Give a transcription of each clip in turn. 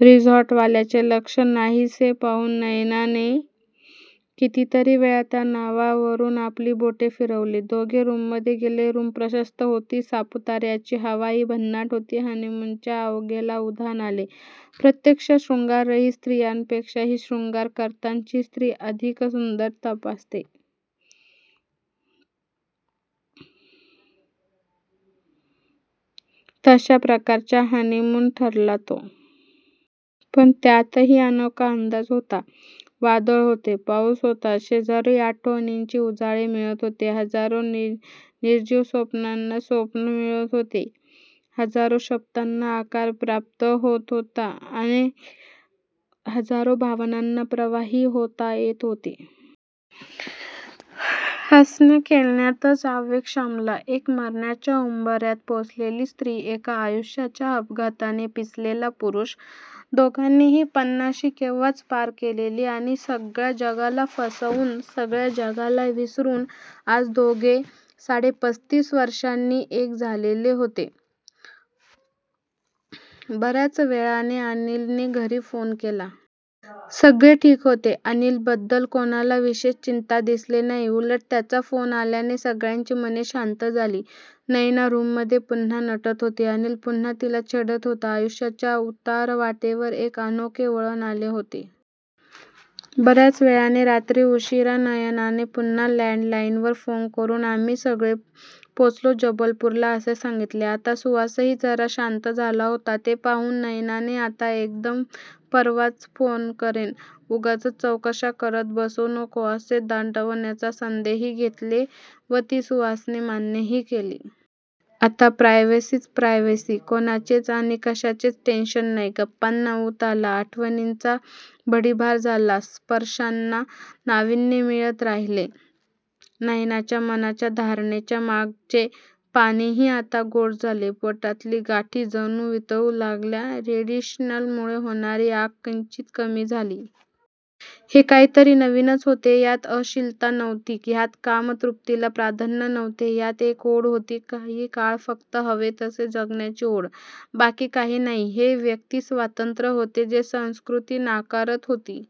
रिसॉर्टवाल्याचे लक्ष नाहीसे पाहून नयनाने कितीतरीवेळा त्या नावांवरून आपली बोटे फिरवली.,दोघे रूममध्ये गेले. रूम प्रशस्त होती. सापूतार्याची हवाही भन्नाट होती. हनीमूनच्या आवेगाला उधाण आले. प्रत्यक्ष शृंगारीत स्त्रीपेक्षाही शृंगार करतानाची स्त्री अधिक सुंदर भासते तश्या प्रकारचा हनीमून ठरला तो! पण त्यातही अनोखा अंदाज होता. वादळ होते, पाऊस होता, हजारो आठवणींना उजाळे मिळत होते, हजारो निर्जीव स्वप्नांना चैतन्य मिळत होते, हजारो शपथांना आकार प्राप्त होत होता आणि हजारो भावनांना प्रवाही होता येत होते. हसण्याखिदळण्यातच आवेग शमला! एक मरणाच्या उंबर्यात पोचलेली स्त्री, एक आयुष्याच्या आघातांनी पिचलेला पुरुष! दोघांनीही पन्नाशी केव्हाच पार केलेली! आणि सगळ्या जगाला फसवून, सगळ्या जगाला विसरून आज दोघे साडेपस्तीस वर्षांनी एक झालेले होते. बर्याच वेळाने अनिलने घरी फोन केला. सगळे ठीक होते. अनिलबद्दल कोणाला विशेष चिंता दिसली नाही. उलट त्याचा फोन आल्याने सगळ्यांची मने शांत झाली. नयना रूममध्ये पुन्हा नटत होती, अनिल पुन्हा तिला छेडत होता. आयुष्याच्या उतारवाटेवर एक अनोखे वळण आले होते. बर्याच वेळाने, रात्री उशीरा नयनाने पुन्हा लँडलाईनवर फोन करून 'आम्ही सगळे पोचलो जबलपूरला' असे सांगितले. आता सुहासही जरा शांत झाला होता. ते पाहून नयनाने 'आता एकदम परवाच फोन करेन, उगाच चौकश्या करत बसू नका' असे दटावण्याची संधीही घेतली व ती सुहासने मान्यही केली. आता प्रायव्हसीच प्रायव्हसी! कोणाचेच आणि कशाचेच टेन्शन नाही. गप्पांना ऊत आला. आठवणींचा भडिमार झाला. स्पर्शांना नावीन्य मिळत राहिले. नयनाच्या मनाच्या धरणाच्या मागचे पाणीही आता गोडे झाले. पोटातल्या गाठी जणू वितळू लागल्या. रेडिएशनमुळे होणारी आग किंचित कमी झाली. हे काहीतरी नवीनच होत होते. ह्यात अश्लीलता नव्हती. ह्यात कामतृप्तीला प्राधान्य नव्हते. ह्यात एक ओढ होती. काही काळ फक्त हवे तसे जगण्याची ओढ! बाकी काहीही नाही. हे व्यक्तीस्वातंत्र्य होते. जे संस्कृती नाकारत होती.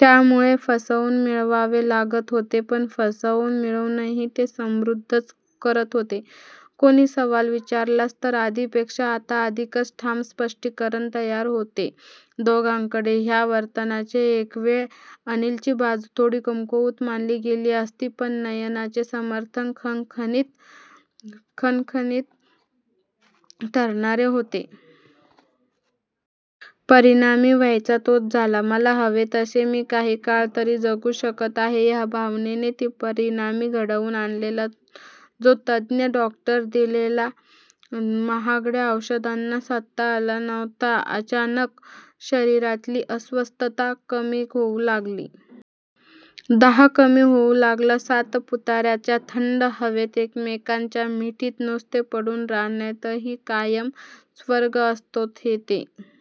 त्यामुळे फसवून मिळवावे लागत होते. पण फसवून मिळवूनही ते समृद्धच करत होते. कोणी सवाल विचारलाच तर आधीपेक्षा आता अधिकच ठाम स्पष्टीकरण तयार होत होते दोघांकडेही ह्या वर्तनाचे! एकवेळ अनिलची बाजू थोडी कमकुवत मानली गेली असती, पण नयनाचे समर्थन खणखणीत ठरणारे होते. परिणाम व्हायचा तोच झाला. 'मला हवे तसे मी काही काळ तरी जगू शकत आहे' ह्या भावनेने तो परिणाम घडवून आणला जो तज्ञ डॉक्टरांनी दिलेल्या महागड्या औषधांना साधता आला नव्हता. अचानक नयनाच्या शरीरातील अस्वस्थता कमी होऊ लागली. दाह कमी होऊ लागला. सापूतार्याच्या थंड हवेत एकमेकांच्या मिठीत नुसते पडून राहण्यातही काय स्वर्ग असतो हे ते